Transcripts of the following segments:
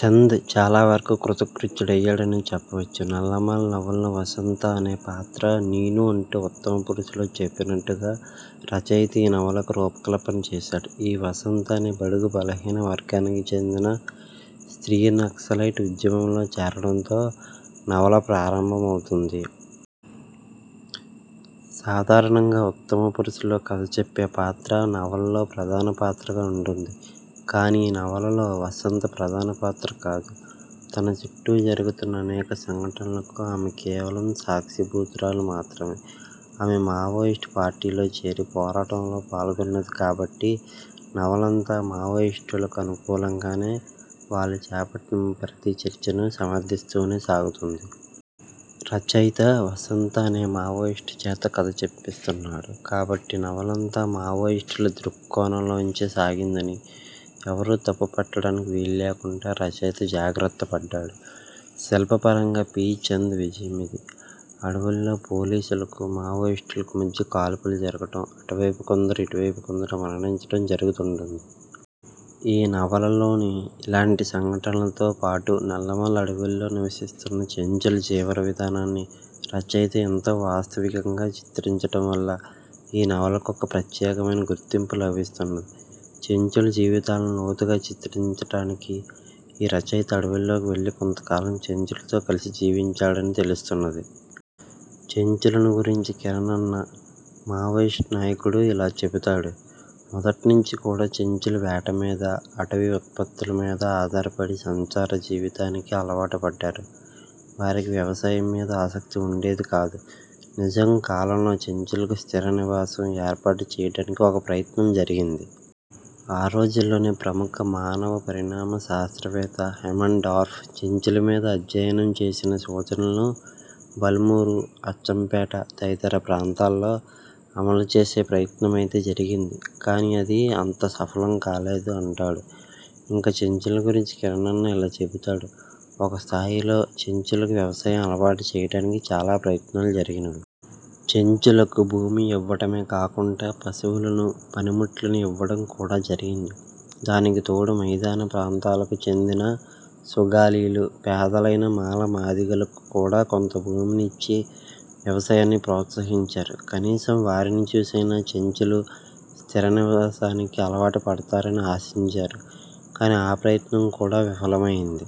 చంద్ చాలా వరకు కృతకృత్యుడయ్యాడనే చెప్పవచ్చు. 'నల్లమల' నవలను వసంత అనే పాత్ర 'నేనూ' అంటూ ఉత్తమ పురుషలో చెప్పినట్టుగా రచయిత ఈ నవలకు రూపకల్పన చేశాడు. ఈ వసంత అనే బడుగు బలహీన వర్గానికి చెందిన స్త్రీ నక్సలైట్ ఉద్యమంలో చేరడంతో నవల ప్రారంభమౌతుంది. సాధారణంగా ఉత్తమపురుషలో కథచెప్పే పాత్ర నవలలో ప్రధానపాత్రగా ఉంటుంది. కానీ ఈ నవలలో వసంత ప్రధానపాత్ర కాదు. తన చుట్టూ జరుగుతున్న అనేక సంఘటనలకు ఆమె కేవలం సాక్షీభూతురాలు మాత్రమే. ఆమె మావోయిస్టు పార్టీలో చేరి పోరాటంలో పాల్గొన్నది కాబట్టి నవలంతా మావోయిస్టులకు అనుకూలంగానే, వాళ్లు చేపట్టిన ప్రతి చర్చను సమర్థిస్తూనే సాగుతుంది. రచయిత వసంత అనే మావోయిస్టు చేత కథ చెప్పిస్తున్నాడు కాబట్టి నవలంతా మావోయిస్టుల దృక్కోణంలోంచే సాగిందని ఎవరూ తప్పుపట్టటానికి వీల్లేకుండా రచయిత జాగ్రత్త పడ్డాడు. శిల్పపరంగా పి. చంద్ విజయమిది. అడవుల్లో పోలీసులకు, మావోయిస్టులకు మధ్య కాల్పులు జరగటం, అటువైపు కొందరు, ఇటువైపు కొందరు మరణించటం జరుగుతుం టుంది. ఈ నవలలోని ఇలాంటి సంఘటనలతో పాటు నల్లమల అడవుల్లో నివసిస్తున్న చెంచుల జీవన విధానాన్ని రచయిత ఎంతో వాస్తవికంగా చిత్రించటంవల్ల ఈ నవలకొక ప్రత్యేకమైన గుర్తింపు లభిస్తున్నది. చెంచుల జీవితాలను లోతుగా చిత్రించటానికి ఈ రచయిత అడవుల్లోకి వెళ్లి కొంతకాలం చెంచులతో కలిసి జీవించాడని తెలుస్తున్నది. చెంచులను గురించి కిరణ్ అన్న మావోయిస్టు నాయకుడు ఇలా చెబుతాడు: ''మొదట్నించి కూడా చెంచులు వేట మీద, అటవీ ఉత్పత్తుల మీద ఆధారపడి సంచార జీవితానికే అలవాటు పడ్డారు. వారికి వ్యవసాయం మీద ఆసక్తి ఉండేది కాదు. నిజాం కాలంలో చెంచులకు స్థిర నివాసం ఏర్పాటు చెయ్యటానికి ఒక ప్రయత్నం జరిగింది. ఆరోజుల్లోనే ప్రముఖ మానవ పరిణామ శాస్త్రవేత్త హేమన్ డార్ఫు చెంచుల మీద అధ్యయనం చేసిన సూచనలను బల్మూరు, అచ్చంపేట తదితర ప్రాంతాల్లో అమలు చేసే ప్రయత్నమైతే జరిగింది కాని అది అంత సఫలం కాలేదు'' అంటాడు. ఇంకా చెంచులను గురించి కిరణ్ ఇలా చెబుతాడు:''ఒక స్థాయిలో చెంచులకు వ్యవసాయం అలవాటు చెయ్యటానికి చాలా ప్రయత్నాలు జరిగినవి. చెంచులకు భూమి ఇవ్వటమే కాకుండా పశువులను, పనిముట్లను ఇవ్వడం కూడా జరిగింది. దానికి తోడు మైదాన ప్రాంతాలకు చెందిన సుగాలీలు, పేదలైన మాలమాదిగలకు కూడా కొంత భూమిని ఇచ్చి వ్యవసాయాన్ని ప్రోత్సహించారు. కనీసం వారిని చూసైనా చెంచులు స్థిరనివాసానికి అలవాటు పడ్తారని ఆశించారు. కానీ ఆ ప్రయత్నం కూడా విఫలమైంది.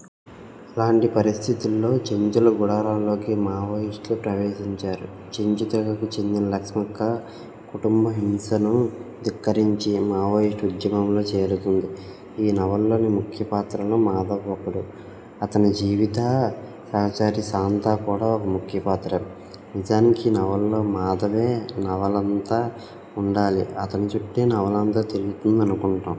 ఇలాంటి పరిస్థితుల్లో చెంచుల గుడారాల్లోకి మావోయిస్టులు ప్రవేశించారు. చెంచు తెగకు చెందిన లక్ష్మక్క కుటుంబ హింసను ధిక్కరించి మావోయిస్టు ఉద్యమంలో చేరుతుంది. ఈ నవలలోని ముఖ్య పాత్రల్లో మాధవ్ ఒకడు. అతని జీవిత సహచరి శాంత కూడా ఒక ముఖ్య పాత్రే. నిజానికి ఈ నవలలో మాధవే నవలంతా ఉండాలి, అతని చుట్టే నవలంతా తిరుగుతుంది అనుకుంటాం.